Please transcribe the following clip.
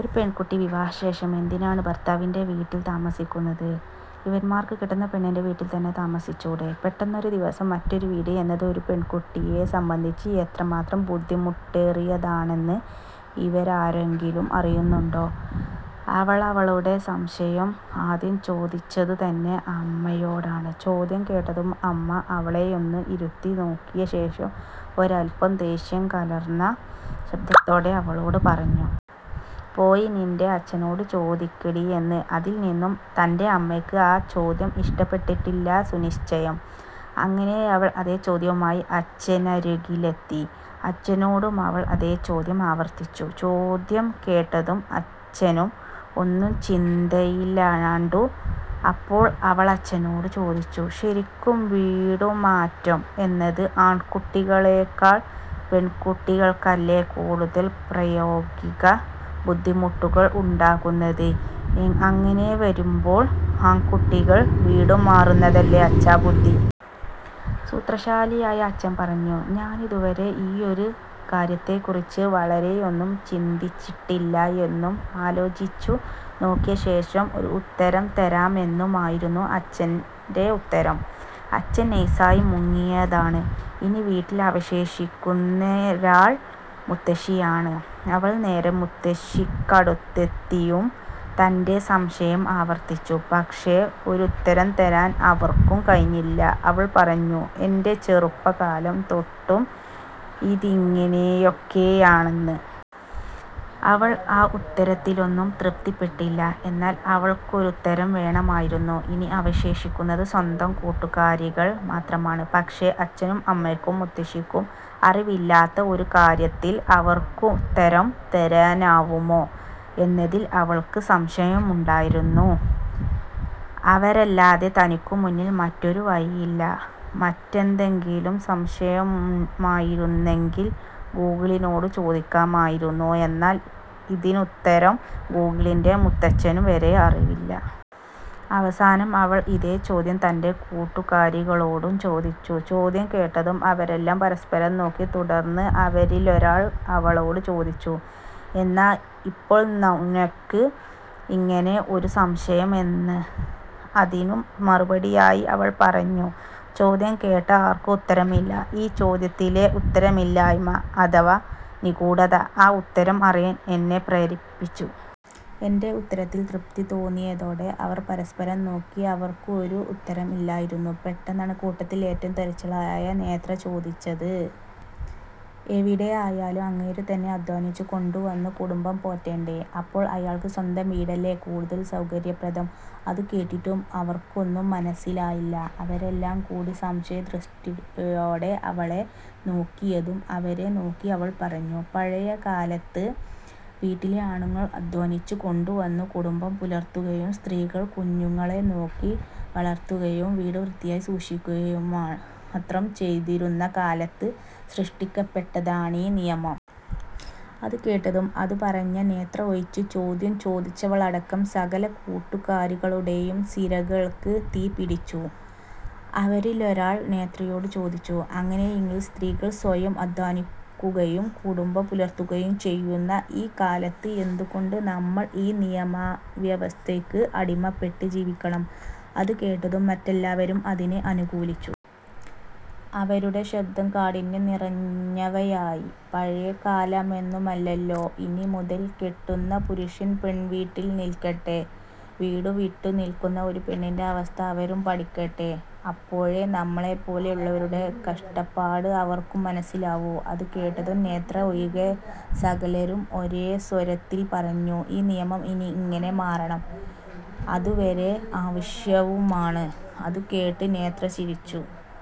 ഒരു പെൺക്കുട്ടി, വിവാഹശേഷം എന്തിനാണ് ഭർത്താവിന്റെ വീട്ടിൽ താമസിക്കുന്നത്….??? ഇവന്മാർക്ക് കെട്ടുന്ന പെണ്ണിന്റെ വീട്ടിൽ തന്നെ താമസ്സിച്ചൂടെ…??? പെട്ടന്നൊരു ദിവസം മറ്റൊരു വീട് എന്നത് ഒരു പെൺക്കുട്ടിയേ സംബന്ധിച്ച് എത്രമാത്രം ബുദ്ധിമുട്ടെറിയതാണെന്ന് ഇവരാരെങ്കിലും അറിയുന്നുണ്ടോ…??? അവളവളുടെ സംശയം ആദ്യം ചോദിച്ചതു തന്നെ അമ്മയോടാണ്…, ചോദ്യം കേട്ടതും അമ്മ അവളെയൊന്ന് ഇരുത്തി നോക്കിയശേഷം ഒരൽപ്പം ദേഷ്യം കലർന്ന ശബ്ദത്തോടെ അവളോട് പറഞ്ഞു.., പോയി നിന്റെ അച്ഛനോടു ചോദിക്കടിയെന്ന്….! അതിൽ നിന്നു തന്നെ അമ്മക്ക് ആ ചോദ്യം ഇഷ്ടപ്പെട്ടിട്ടില്ലെന്ന് സുനിശ്ചയം…! അങ്ങിനെയവൾ അതെ ചോദ്യവുമായി അച്ഛനരുകിലെത്തി…, അച്ഛനോടുമവൾ അതെ ചോദ്യം ആവർത്തിച്ചു…, ചോദ്യം കേട്ടതും അച്ഛനും ഒന്നു ചിന്തയിലാണ്ടൂ…., അപ്പോൾ അവളച്ഛനോടു ചോദിച്ചു…., ശരിക്കും വീടുമാറ്റം എന്നത് ആൺക്കുട്ടികളേക്കാൾ പെൺക്കുട്ടികൾക്കല്ലെ കൂടുതൽ പ്രായോഗിക ബുദ്ധിമുട്ടുകൾ ഉണ്ടാക്കുന്നത് അങ്ങിനെ വരുമ്പോൾ ആൺക്കുട്ടികൾ വീടുമാറുന്നതല്ലെ അച്ഛാ ബുദ്ധി…??? സൂത്രശാലിയായ അച്ഛൻ പറഞ്ഞു ഞാനിതു വരെ ഈയൊരു കാര്യത്തെക്കുറിച്ച് വളരെയൊന്നും ചിന്തിച്ചിട്ടില്ലായെന്നും, ആലോചിച്ചു നോക്കിയ ശേഷം ഒരു ഉത്തരം തരാമെന്നുമായിരുന്നു അച്ഛന്റെ ഉത്തരം…! അച്ഛൻ നൈസായി മുങ്ങിയതാണ്….!! ഇനി വീട്ടിൽ അവശേഷിക്കുന്നൊരാൾ മുത്തശ്ശിയാണ്…, അവൾ നേരെ മുത്തശ്ശിക്കടുത്തെത്തിയും തന്റെ സംശയം ആവർത്തിച്ചു….! പക്ഷെ ഒരുത്തരം തരാൻ അവർക്കും കഴിഞ്ഞില്ല…, അവർ പറഞ്ഞു എന്റെ ചെറുപ്പക്കാലം തൊട്ടും ഇതിങ്ങനെയൊക്കെയാണെന്ന്…. അവൾ ആ ഉത്തരത്തിലൊന്നും തൃപ്തിപ്പെട്ടില്ല…, എന്നാൽ അവൾക്കൊരുത്തരം വേണമായിരുന്നു…, ഇനി അവശേഷിക്കുന്നത് സ്വന്തം കൂട്ടുക്കാരികൾ മാത്രമാണ് പക്ഷെ അച്ഛനും അമ്മക്കും മുത്തശ്ശിക്കും അറിവില്ലാത്ത ഒരു കാര്യത്തിൽ അവർക്കുത്തരം തരാനാവുമോ എന്നതിൽ അവൾക്ക് സംശയമുണ്ടായിരുന്നു…! അവരല്ലാതെ തനിക്കു മുന്നിൽ മറ്റൊരു വഴിയില്ല മറ്റെന്തെങ്കിലും സംശയമായിരുന്നെങ്കിൽ ഗൂഗിളിനോടു ചോദിക്കായിരുന്നു എന്നാൽ ഇതിനുത്തരം ഗൂഗിളിന്റെ മുത്തച്ഛനു വരെ ഉണ്ടാവില്ല…! അവസാനം അവൾ ഇതെ ചോദ്യം തന്റെ കൂട്ടുക്കാരികളോടും ചോദിച്ചു…!! ചോദ്യം കേട്ടതും അവരെല്ലാം പരസ്പരം നോക്കി തുടർന്ന് അവരിലൊരുവൾ അവളോടു ചോദിച്ചു.., എന്നാ ഇപ്പോൾ നിനക്ക് ഇങ്ങനെ ഒരു സംശയമെന്ന്..??? അതിനു മറുപടിയായി അവൾ പറഞ്ഞു ചോദ്യം കേട്ട ആർക്കും ഉത്തരമില്ല…, ഈ ചോദ്യത്തിലെ ഉത്തരമില്ലായ്മ അഥവ നിഗൂഢത ആ ഉത്തരം അറിയാൻ എന്നെ പ്രേരിപ്പിച്ചു…..! എന്റെ ഉത്തരത്തിൽ തൃപ്തി തോന്നിയതോടെ അവർ പരസ്പരം നോക്കി അവർക്കും ഒരു ഉത്തരമില്ലായിരുന്നു….! പെട്ടന്നാണ് കൂട്ടത്തിലെ ഏറ്റവും തെറിച്ചവളായ നേത്ര ചോദിച്ചത്…! എവിടെ ആയാലും അങ്ങേരു തന്നെ അദ്ധ്വാനിച്ചു കൊണ്ടു വന്നു കുടുംബം പോറ്റണ്ടേ…??? അപ്പോൾ അയാൾക്ക് സ്വന്തം വീടല്ലെ കൂടുതൽ സൗകര്യപ്രദം….??? അതു കേട്ടിട്ടും അവർക്കൊന്നും മനസിലായില്ല അവരെല്ലാം കൂടി സംശയദൃഷ്ടിയോടെ അവളെ നോക്കിയതും അവരെ നോക്കി അവൾ പറഞ്ഞു…, പഴയക്കാലത്ത്…, വീട്ടിലെ ആണുങ്ങൾ അദ്ധ്വാനിച്ചു കൊണ്ടുവന്നു കുടുംബം പുലർത്തുകയും…, സ്ത്രീകൾ കുഞ്ഞുങ്ങളെ നോക്കി വളർത്തുകയും വീട് വ്യത്തിയായി സൂക്ഷിക്കുകയും മാത്രം ചെയ്തിരുന്ന കാലത്ത് സൃഷ്ടിക്കപ്പെട്ടതാണീ നിയമം…!! അതു കേട്ടതും അതു പറഞ്ഞ നേത്ര ഒഴിച്ച് ചോദ്യം ചോദിച്ചവളടക്കം സകല കൂട്ടുക്കാരികളുടെയും സിരകൾക്ക് തീപിടിച്ചു…, അവരിലൊരുവൾ നേത്രയോടു ചോദിച്ചു അങ്ങിനെയെങ്കിൽ സ്ത്രീകൾ സ്വയം അദ്ധ്വാനിക്കുകയും കുടുംബം പുലർത്തുകയും ചെയ്യുന്ന ഈ കാലത്ത് എന്തു കൊണ്ട് നമ്മൾ ഈ നിയമവ്യവസ്ഥക്ക് അടിമപ്പെട്ട് ജീവിക്കണം…??? അതു കേട്ടതും മറ്റെല്ലാവരും അതിനെ അനുകൂലിച്ചു…., അവരുടെ ശബ്ദം കാഠിന്യം നിറഞ്ഞവയായി…, പഴയക്കാലമൊന്നുമല്ലല്ലൊ…? ഇനി മുതൽ കെട്ടുന്ന പുരുഷൻ പെൺവീട്ടിൽ നിൽക്കട്ടെ വീടു വിട്ടു നിൽക്കുന്ന ഒരു പെണ്ണിന്റെ അവസ്ഥ അവരും പഠിക്കട്ടെ, അപ്പോഴെ നമ്മളെ പോലുള്ളവരുടെ കഷ്ടപ്പാട് അവർക്കും മനസിലാവൂ…! അതു കേട്ടതും നേത്ര ഒഴികെ സകലരും ഒരെ സ്വരത്തിൽ പറഞ്ഞു…, ഈ നിയമം ഇനി ഇങ്ങനെ മാറണം…!! അതു വളരെ ആവശ്യവുമാണ്….! അതു കേട്ട് നേത്ര ചിരിച്ചു